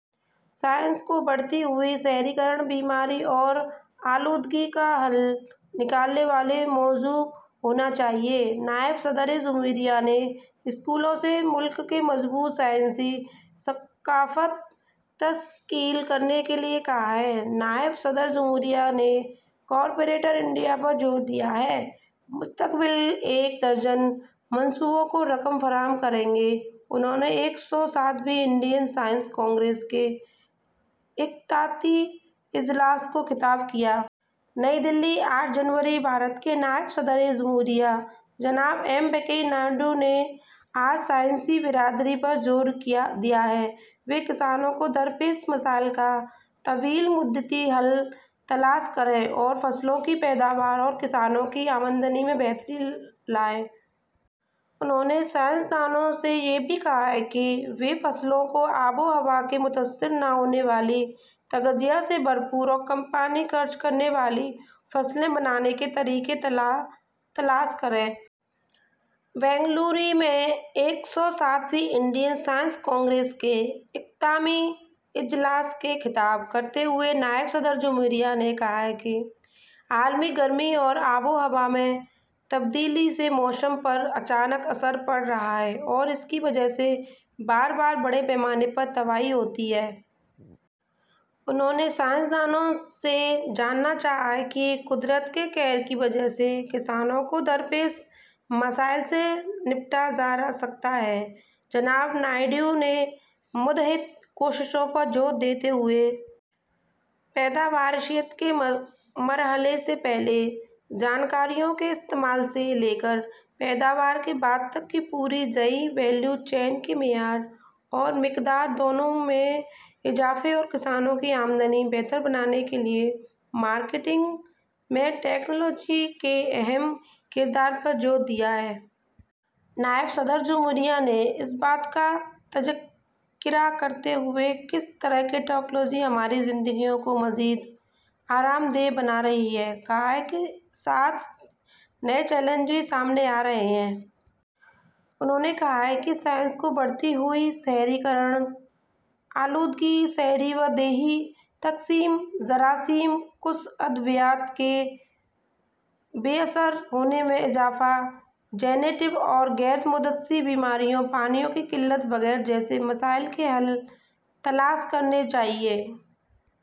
Science کو بڑھتی ہوئی شہری کاری، بیماریوں اور آلودگی کا حل نکالنے والا موضوع ہونا چاہیے نائب صدر جمہوریہ نے اسکولوں سے ملک میں مضبوط سائنسی ثقافت تشکیل دینے کے لیے کہا نائب صدر جمہوریہ نے کارپوریٹ انڈیا پر زور دیا کہ وہ مستقبل کے ایک درجن منصوبوں کو رقم فراہم کریں انہوں نے ایک سو ساتویں انڈین سائنس کانگریس کے اختتامی اجلاس سے خطاب کیا۔ نئی دہلی، آٹھ جنوری: نائب صدر جمہوریہ ہند جناب ایم وینکیا نائیڈو نے آج سائنسی برادری پر زور دیا کہ وہ کسانوں کو درپیش مسائل کا طویل مدتی حل تلاش کریں اور فصلوں کی پیداوار اور کسانوں کی آمدنی میں بہتری لائیں۔ انہوں نے سائنس دانوں سے یہ بھی کہا کہ وہ فصلوں کو آب و ہوا سے متاثر نہ ہونے والی، غذائیت سے بھرپور اور کم پانی خرچ کرنے والی فصلیں بنانے کے طریقے تلاش کریں۔ بنگلورو میں ایک سو ساتویں انڈین سائنس کانگریس کے اختتامی اجلاس سے خطاب کرتے ہوئے نائب صدر جمہوریہ نے کہا کہ عالمی حدت اور آب و ہوا میں تبدیلی سے موسم پر اچانک اثر پڑ رہا ہے اور اس کی وجہ سے بار بار بڑے پیمانے پر تباہی ہوتی ہے۔ انہوں نے سائنس دانوں سے جاننا چاہا کہ کیا قدرت کے قہر کی وجہ سے کسانوں کو درپیش مسائل سے نمٹا جا سکتا ہے۔ جناب نائیڈو نے مربوط کوششوں پر زور دیتے ہوئے پیداواریت کے مرحلے سے پہلے جانکاری کے استعمال سے لے کر پیداوار کے بعد تک پوری زرعی ویلیو چین کے معیار اور مقدار، دونوں میں اضافے اور کسانوں کی آمدنی بہتر بنانے کے لیے مارکیٹنگ میں ٹیکنالوجی کے اہم کردار پر زور دیا۔ نائب صدر جمہوریہ نے اس بات کا ذکر کرتے ہوئے کہ کس طرح ٹیکنالوجی ہماری زندگیوں کو مزید آرام دہ بنا رہی ہے، کہا کہ سات نئے چیلنج بھی سامنے آ رہے ہیں۔ انہوں نے کہا کہ سائنس کو بڑھتی ہوئی شہری کاری، آلودگی، شہری و دیہی تقسیم، جراثیم کش ادویات کے بے اثر ہونے میں اضافہ، جینیاتی اور غیر متعدی بیماریوں، پانی کی قلت وغیرہ جیسے مسائل کے حل تلاش کرنے چاہئیں۔